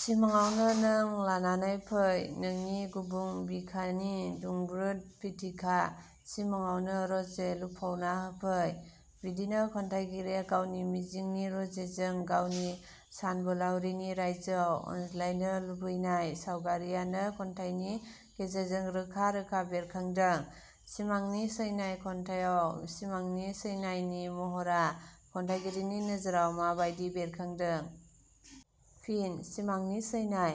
सिमाङावनो नों लानानै फै नोंनि गुबुं बिखानि दुंब्रुद फिथिखा सिमाङावनो रजे लुफावना होफै। बिदिनो खन्थाइगिरिया गावनि मिजिंनि रजेजों गावनि सानबोलावरिनि रायजोआव अनज्लायनो लुबैनाय सावगारियानो खन्थाइनि गेजेरजों रोखा रोखा बेरखादों।. सिमांनि सैनाय' खन्थाइयाव सिमांनि सैनायनि महरा खन्थाइगिरिनि नोजोराव माबादि बेरखांदों? फिनः 'सिमांनि सैनाय'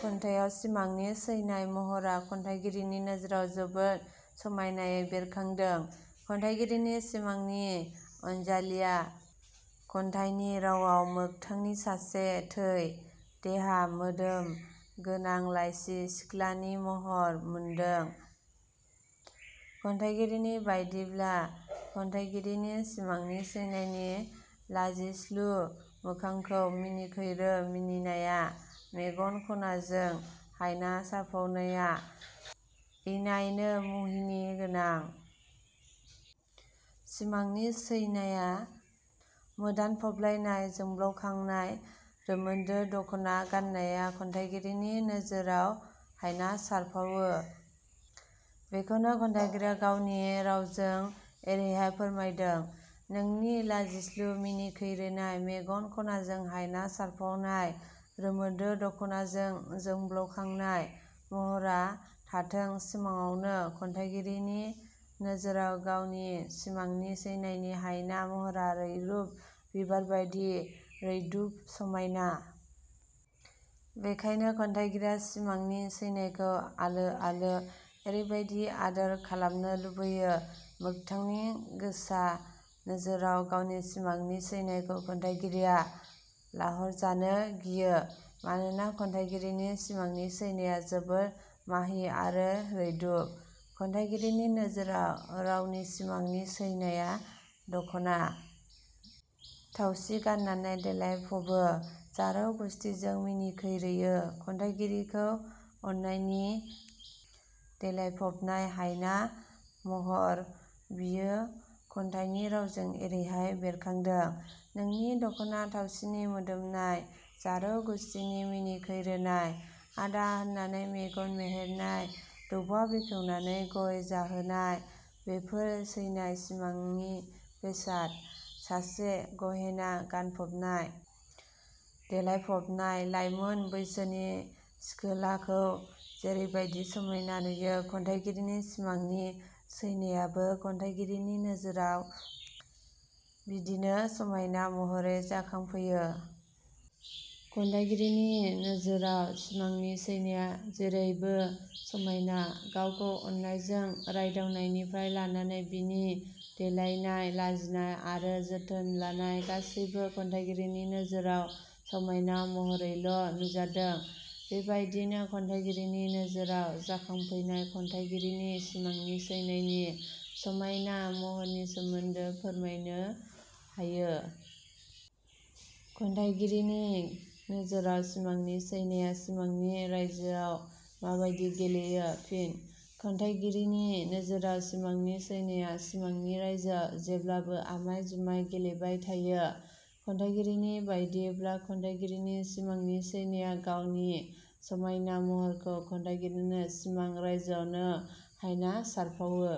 खन्थाइयाव सिमांनि सैनाय महरा खन्थाइगिरिनि नोजोराव जोबोर समायनायै बेरखांदों। खन्थाइगिरिनि सिमांनि अनजालिया खन्थाइनि रावाव मोगथांनि सासे थै, देहा मोदोम गोनां लाइसि सिख्लानि महर मोनदों। खन्थाइगिरिनि बादियैब्ला खन्थाइगिरिनि सिमांनि सैनायनि लाजिस्लु मोखांजों मिनिखैरो मिनिनाया, मेगन खनाजों हायना सारफावनाया इनायनो मुहिनि गोनां। सिमांनि सैनाया मोदानफबलायनाय जोंब्लावखांनाय रोमोदो दखना गाननाया खन्थाइगिरिनि नोजोराव हायना सारफावो। बेखौनो खन्थाइगिरिया गावनि रावजों एरैहाय फोरमायदों- नोंनि लाजिस्लु मिनिखैरोनाय मेगन खनाजों हायना सारफावनाय रोमोदो दखनाजों जोब्लाउखांनाय। महरा थाथों सिमाङावनो। खन्थाइगिरिनि नोजोराव गावनि सिमांनि सैनायनि हायना महरा रैरुब बिबारबादि रैदुब समायना। बेखायनो खन्थाइगिरिया सिमांनि सैनायखौ आलो आलो एरैबादि आदोर खालामनो लुबैयो, मोगथांनि गोसा नोजोराव गावनि सिमांनि सैनायखौ खन्थाइगिरिया लरहायजानो गियो। मानोना खन्थाइगिरिनि सिमांनि सैनाया जोबोर माहि आरो रैदुब। खन्थाइगिरिनि नोजोराव रावनि सिमांनि सैनाया दखना थावसि गाननानै देलायफबो, जारौ गुसथिजों मिनिखैरोयो, खन्थाइगिरिखौ अननायनि देलायफबनाय हायना महर, बेयो खन्थाइनि रावजों एरैहाय बेरखांदों- नोंनि दखना थावसिनि मोदोमनाय जारौ गुसथिनि मिनिखैरोनाय, 'आदा' होननानै मेगन मोहेरनाय दौबा बेखेवनानै गय जाहोनाय बेफोर सैनाय सिमांनि बेसाद सासे गहेना गानफबना देलायफबनाय लाइमोन बैसोनि सिखोलाखौ जेरैबादि समायना नुयो, खन्थाइगिरिनि सिमांनि सैनायाबो खन्थाइगिरिनि नोजोराव बिदिनो समायना महरै जाखांफैयो। खन्थाइगिरिनि नोजोराव सिमांनि सैनाया जैरैबो समायना। गावखौ अननायजों रायदावनायनिफ्राय लानानै बिनि देलायनाय, लाजिनाय आरो जोथोन लानाय गासैबो खन्थाइगिरिनि नोजोराव समायना महरैल' नुजादों। बेबादियैनो खन्थाइगिरिनि नोजोराव जाखांफैनाय खन्थाइगिरिनि सिमांनि सैनायनि समायना महरनि सोमोन्दै फोरमायनो हायो।. खन्थाइगिरिनि नोजोराव सिमांनि सैनाया सिमांनि रायजोआव माबादि गेलेयो? फिनः खन्थाइगिरिनि नोजोराव सिमांनि सैनाया सिमांनि रायजोआव जेब्लाबो आमाय जुमाय गेलेबाय थायो। खन्थाइगिरिनि बादियैब्ला खन्थाइगिरिनि सिमांनि सैनाया गावनि समाइना महरखौ खन्थाइगिरिनो सिमां रायजोआवनो हायना सारफावो।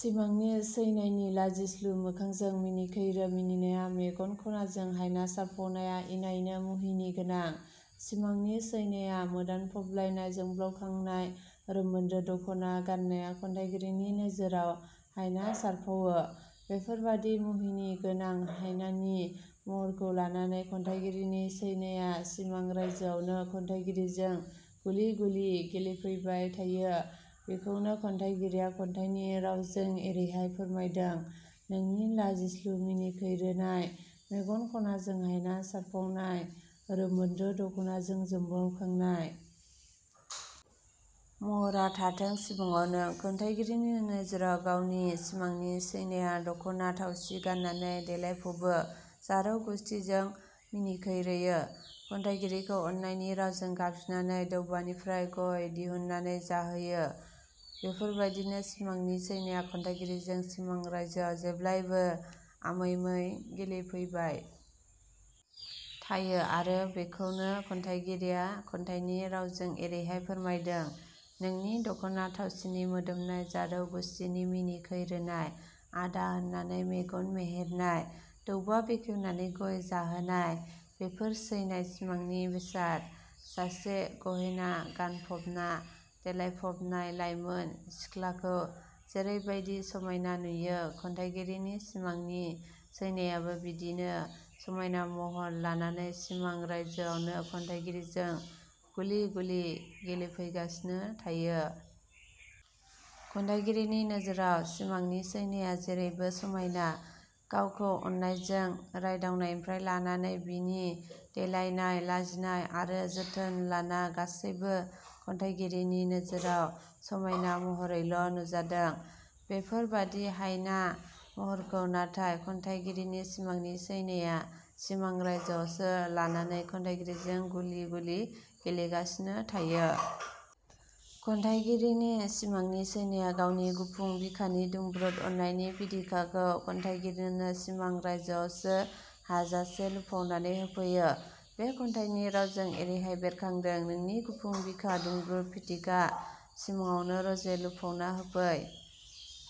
सिमांनि सैनायनि लाजिस्लु मोखांजों मिनिखैरो मिनिनाया, मेगन खनाजों हायना सारफावनाया इनायनो मुहिनि गोनां। सिमांनि सैनाया मोदानफबलायनाय जोंब्लावखांनाय रोमोदो दखना गाननाया खन्थाइगिरिनि नोजोराव हायना सारफावो। बेफोरबादि मुहिनि गोनां हायनानि महरखौ लानानै खन्थाइगिरिनि सैनाया सिमां रायजोआवनो खन्थाइगिरिजों गुलि गुलि गेलेफैबाय थायो बेखौनो खन्थाइगिरिया खन्थाइनि रावजों एरैहाय फोरमायदों- नोंनि लाजिस्लु मिनिखैरोनाय मेगन खनाजों हायना सारफावनाय रोमोदो दखनाजों जोब्लावखांनाय। महरा थांथों सिमाङावनो। खन्थाइगिरिनि नोजोराव गावनि सिमांनि सैनाया दख'ना थावसि गाननानै देलायफबो, जारौ गुसथिजों मिनिखैरोयो, खन्थाइगिरिखौ अननायनि रावजों गाबज्रिनाने दौबानिफ्राय गय दिहुननानै जाहोयो। बेफोरबादिनो सिमांनि सैनाया खन्थाइगिरिजों सिमां रायजोआव जेब्लाबो आमै मै गेलेफैबाय थायो आरो बेखौनो खन्थाइगिरिया खन्थाइनि रावजों एरैहाय फोरमायदों- नोंनि दख'ना थावसिनि मोदोमनाय जारौ गुसथिनि मिनिखैरोनाय, 'आदा' होननानै मेगन मोहेरनाय दौबा बेखेवनानै गय जाहोनाय- बेफोर सैनाय सिमांनि बेसाद सासे गहेना गानफबना देलायफ़बनाय लाइमोन सिखोलाखौ जेरैबादि समाइना नुयो, खन्थाइगिरिनि सिमांनि सैनायाबो बिदिनो समायना महर लानानै सिमां रायजोआवनो खन्थाइगिजिरिजों गुलि गुलि गेलेफैगासिनो थायो। खन्थाइगिरिनि नोजोराव सिमांनि सैनाया जेरैबो समायना। गावखौ अननायजों रायदावनायनिफ्राय लानानै बिनि देलायनाय, लाजिनाय आरो जोथोन लाना गासैबो खन्थाइगिरिनि नोजोराव समायना महरैल' नुजादों। बेफोर बादि हायना महरखौ नाथाय खन्थाइगिरिनि सिमांनि सैनाया सिमां रायजोआवसो लानानै खन्थाइगिरिजों गुलि गुलि गेलेगासिनो थायो। खन्थाइगिरिनि सिमांनि सैनाया गावनि गुफुं बिखानि दुंब्रुद अननायनि फिथिखाखौबो खन्थाइगिरिनो सिमां रायजोआवसो हाजासे लुफावनानै होफैयो बेयो खन्थाइनि रावजों एरैहाय बेरखादों- नोंनि गुफुं बिखा दुंब्रुद फिथिखा सिमाङावनो रजे लुफावना होफै।